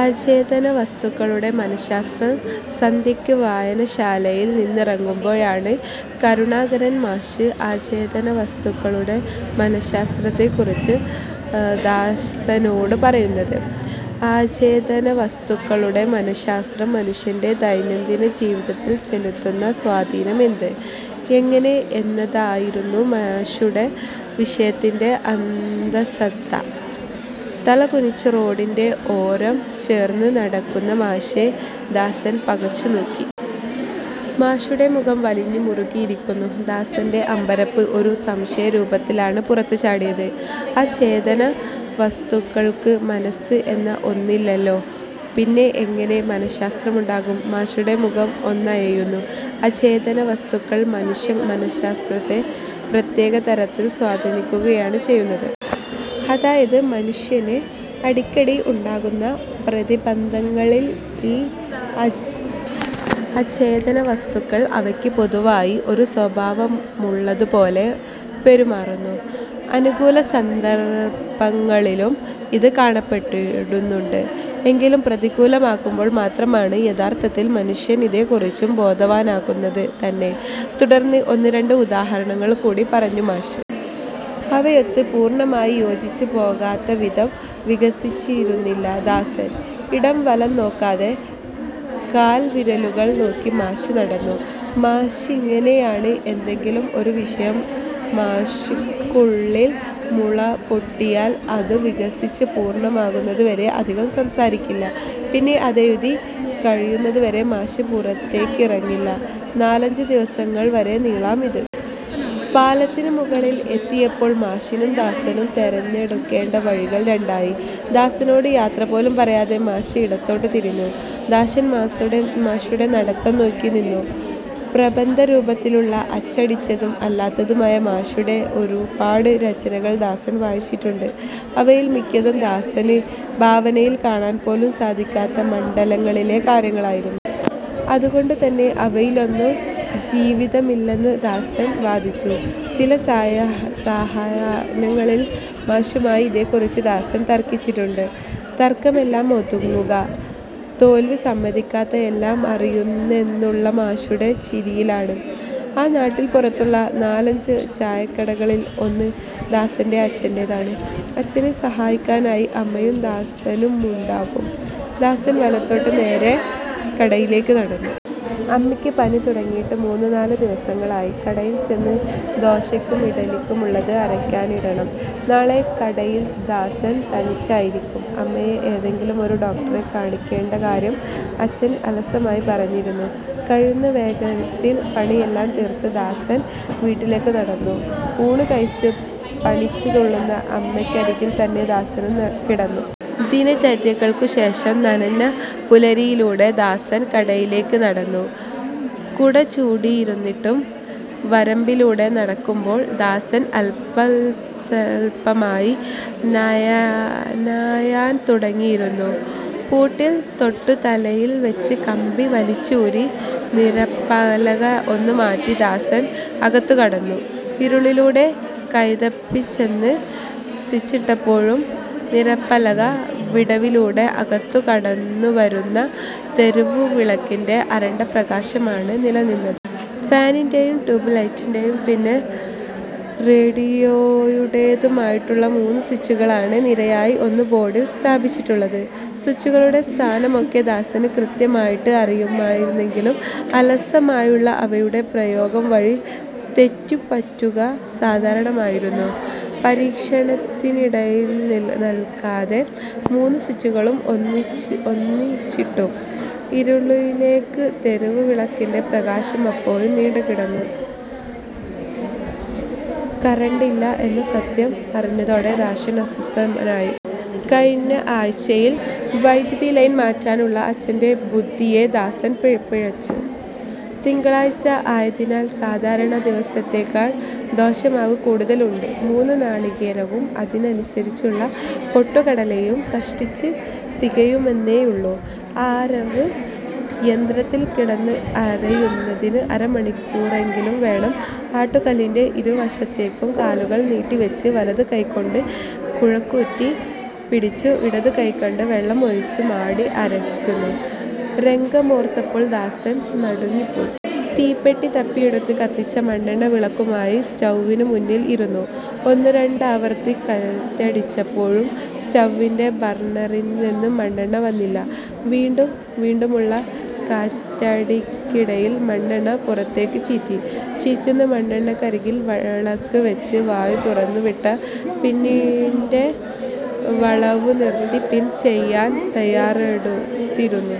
അചേതനവസ്തുക്കളുടെ മനശ്ശാസ്ത്രം സന്ധ്യയ്ക്ക് വായനശാലയിൽ നിന്നിറങ്ങുമ്പോഴാണ് കരുണാകരൻ മാഷ് അചേതനവസ്തുക്കളുടെ മനശ്ശാസ്ത്രത്തെക്കുറിച്ചു ദാസനോട് പറയുന്നത്. അചേതനവസ്തുക്കളുടെ മനശ്ശാസ്ത്രം മനുഷ്യന്റെ ദൈനം ദിന ജീവിതത്തിൽ ചെലുത്തുന്ന സ്വാധീനം എന്ത്, എങ്ങനെ എന്നതായിരുന്നു മാഷുടെ വിഷയത്തിന്റെ അന്തസത്ത. തലകുനിച്ചു റോഡിന്റെ ഓരം ചേർന്ന് നടക്കുന്ന മാഷെ ദാസൻ പകച്ചുനോക്കി. മാഷുടെ മുഖം വലിഞ്ഞു മുറുകിയിരുന്നു. ദാസന്റെ അമ്പരപ്പ് ഒരു സംശയരൂപത്തിലാണ് പുറത്തു ചാടിയത്. '' അചേതന വസ്തുക്കൾക്ക് മനസ്സ് എന്ന ഒന്നില്ലല്ലോ, പിന്നെ എങ്ങനെ മനശ്ശാസ്ത്രമുണ്ടാകും? '' മാഷുടെ മുഖം ഒന്നയഞ്ഞു. '' അചേതന വസ്തുക്കൾ മനുഷ്യ മനശ്ശാസ്ത്രത്തെ പ്രത്യേക തരത്തിൽ സ്വാധീനിക്കുകയാണ് ചെയ്യുന്നത്. അതായത് മനുഷ്യന് അടിക്കടി ഉണ്ടാകുന്ന പ്രതിബന്ധങ്ങളിൽ ഈ അചേതന വസ്തുക്കൾ അവയ്ക്ക് പൊതുവായി ഒരു സ്വഭാവമുള്ളതുപോലെ പെരുമാറുന്നു. അനുകൂല സന്ദർഭങ്ങളിലും ഇത് കാണപ്പെടുന്നുണ്ട്. എങ്കിലും പ്രതികൂലമാകുമ്പോൾ മാത്രമാണ് യഥാർത്ഥത്തിൽ മനുഷ്യൻ ഇതേക്കുറിച്ചു ബോധവാനാകുന്നത് തന്നെ '' തുടർന്ന് ഒന്ന് രണ്ട് ഉദാഹരണങ്ങൾ കൂടി പറഞ്ഞു മാഷ്. അവയൊത്ത് പൂർണമായി യോജിച്ചു പോകത്തക്കവിധം വികസിച്ചിരുന്നില്ല ദാസൻ. ഇടം വലം നോക്കാതെ കാൽവിരലുകൾ നോക്കി മാഷ് നടന്നു. മാഷിങ്ങനെയാണ്. ഏന്തെങ്കിലും ഒരു വിഷയം മാഷുക്കുള്ളിൽ മുളപൊട്ടിയാൽ അതുവികസിച്ചു പൂർണ്ണമാകുന്നതുവരെ അധികം സംസാരിക്കില്ല. പിന്നെ അതെഴുതി കഴിയുന്നതുവരെ മാഷ് പുറത്തേക്കിറങ്ങില്ല. നാലഞ്ചു ദിവസങ്ങൾ വരെ നീളാം ഇത്. പാലത്തിനുമുകളിൽ എത്തിയപ്പോൾ മാഷിനും ദാസനും തെരഞ്ഞെടുക്കേണ്ട വഴികൾ രണ്ടായി. ദാസനോട് യാത്രപോലും പറയാതെ മാഷ് ഇടത്തോട്ടു തിരിഞ്ഞു. ദാസൻ മാഷുടെ നടത്തം നോക്കി നിന്നു. പ്രബന്ധരൂപത്തിലുള്ള അച്ചടിച്ചതും അല്ലാത്തതുമായ മാഷുടെ ഒരുപാട് രചനകൾ ദാസൻ വായിച്ചിട്ടുണ്ട്. അവയിൽ മിക്കതും ദാസന് ഭാവനയിൽ കാണാൻ പോലും സാധിക്കാത്ത മണ്ഡലങ്ങളിലെ കാര്യങ്ങളായിരുന്നു. അതുകൊണ്ടുതന്നെ അവയിലൊന്നും ജീവിതമില്ലെന്ന് ദാസൻ വാദിച്ചു. ചില സായാഹ്നങ്ങളിൽ മാഷുമായി ഇതേക്കുറിച്ചു ദാസൻ തർക്കിച്ചിട്ടുണ്ട്. തർക്കമെല്ലാം ഒടുങ്ങുക തോൽവിസമ്മതിക്കാത്ത എല്ലാം അറിയുന്നെന്നുള്ള മാഷുടെ ചിരിയിലാണ്. ആ നാട്ടിൻപുറത്തുള്ള നാലഞ്ചു ചായക്കടകളിൽ ഒന്ന് ദാസന്റെ അച്ഛന്റേതാണ്. അച്ഛനെ സഹായിക്കാനായി അമ്മയും ദാസനുമു ണ്ടാകും. ദാസൻ വലത്തോട്ട് നേരെ കടയിലേക്ക് നടന്നു. അമ്മയ്ക്ക് പനി തുടങ്ങിയിട്ട് മൂന്നു നാലു ദിവസങ്ങളായി. കടയിൽ ചെന്ന് ദോശക്കും ഇഡ്ഡലിക്കുമുള്ളത് അരയ്ക്കാനിടണം. നാളെ കടയിൽ ദാസൻ തനിച്ചായിരിക്കും. അമ്മയെ ഏതെങ്കിലും ഒരു ഡോക്ടറെ കാണിക്കേണ്ടകാര്യം അച്ഛൻ അലസമായി പറഞ്ഞിരുന്നു. കഴിയുന്ന വേഗത്തിൽ പണിയെല്ലാം തീർത്ത് ദാസൻ വീട്ടിലേക്കു നടന്നു. ഊണുകഴിച്ചു പനിച്ചുതുള്ളുന്ന അമ്മക്കരികിൽ തന്നെ ദാസനും കിടന്നു. ദിനചര്യകൾക്കുശേഷം നനഞ്ഞ പുലരിയിലൂടെ ദാസൻ കടയിലേക്ക് നടന്നു. കുടചൂടിയിരുന്നിട്ടും വരമ്പിലൂടെ നടക്കുമ്പോൾ ദാസൻ അൽപാൽപമായി നനയാൻ തുടങ്ങിയിരുന്നു. പൂട്ടിൽ തൊട്ടുതലയിൽ വെച്ച് കമ്പി വലിച്ചൂരി നിരപ്പലക ഒന്ന് മാറ്റി ദാസൻ അകത്തുകടന്നു. ഇരുളിലൂടെ കൈതപ്പിചെന്ന് സ്വിച്ചിട്ടപ്പോഴും നിരപ്പലക വിടവിലൂടെ അകത്തുകടന്നുവരുന്ന തെരുവുവിളക്കിന്റെ അരണ്ട പ്രകാശമാണ് നിലനിന്നത്. ഫാനിന്റേയും ട്യൂബ് ലൈറ്റിന്റെയും പിന്നെ റേഡിയോയുടേതുമായിട്ടുള്ള മൂന്നു സ്വിച്ചുകളാണ് നിരയായി ഒരു ബോർഡിൽ സ്ഥാപിച്ചിട്ടുള്ളത്. സ്വിച്ചുകളുടെ സ്ഥാനമൊക്കെ ദാസന് കൃത്യമായിട്ട് അറിയുമായിരുന്നെങ്കിലും അലസമായുള്ള അവയുടെ പ്രയോഗംവഴി തെറ്റുപറ്റുക സാധാരണമായിരുന്നു. പരീക്ഷണത്തിനിടനൽകാതെ മൂന്നു സ്വിച്ചുകളും ഒന്നിച്ചിട്ടു. ഇരുളിലേക്ക് തെരുവ് വിളക്കിന്റെ പ്രകാശം അപ്പോഴും നീണ്ടുകിടന്നിരുന്നു. കറണ്ടില്ല എന്ന സത്യം അറിഞ്ഞതോടെ ദാസൻ അസ്വസ്ഥനായി. കഴിഞ്ഞ ആഴ്ചയിൽ വൈദ്യുതി ലൈൻ മാറ്റാനുള്ള അച്ഛന്റെ ബുദ്ധിയെ ദാസൻ പഴിച്ചു. തിങ്കളാഴ്ച ആയതിനാൽ സാധാരണ ദിവസത്തേക്കാൾ ദോശമാവ് കൂടുതൽ ഉണ്ട്. മൂന്നു നാളികേരവും അതിനനുസരിച്ചുള്ള പൊട്ടുകടലയും കഷ്ടിച്ച് തികയുമെന്നേയുള്ളു. അരവ് യന്ത്രത്തിൽ കിടന്ന് അരയുന്നതിന് അരമണിക്കൂറെങ്കിലും വേണം. ആട്ടുക്കല്ലിന്റെ ഇരു വശത്തേക്കും കാലുകൾ നീട്ടിവെച്ചു വലതു കൈക്കൊണ്ട് കുഴക്കുറ്റി പിടിച്ചു ഇടതു കൈക്കൊണ്ട് വെള്ളം ഒഴിച്ച് മാടി അരക്കുന്ന രംഗമോർത്തപ്പോൾ ദാസൻ നടുങ്ങിപ്പോയി. തീപ്പെട്ടി തപ്പിയെടുത്ത് കത്തിച്ച മണ്ണെണ്ണ വിളക്കുമായി സ്റ്റൗവിനു മുന്നിൽ ഇരുന്നു. ഒന്നുരണ്ടാവർത്തി കാറ്റടിച്ചപ്പോഴും സ്റ്റൗവിന്റെ ബർണറിൽ നിന്ന് മണ്ണെണ്ണ വന്നില്ല. വീണ്ടും വീണ്ടുമുള്ള കാറ്റടിക്കിടയിൽ മണ്ണെണ്ണ പുറത്തേക്ക് ചീറ്റി. ചീറ്റുന്ന മണ്ണെണ്ണക്കരികിൽ വിളക്ക് വെച്ച് വായു തുറന്നുവിട്ട പിന്നിന്റെ വളവുനിവർത്തി പിൻ ചെയ്യാൻ തയാറെടുത്തിരുന്നു.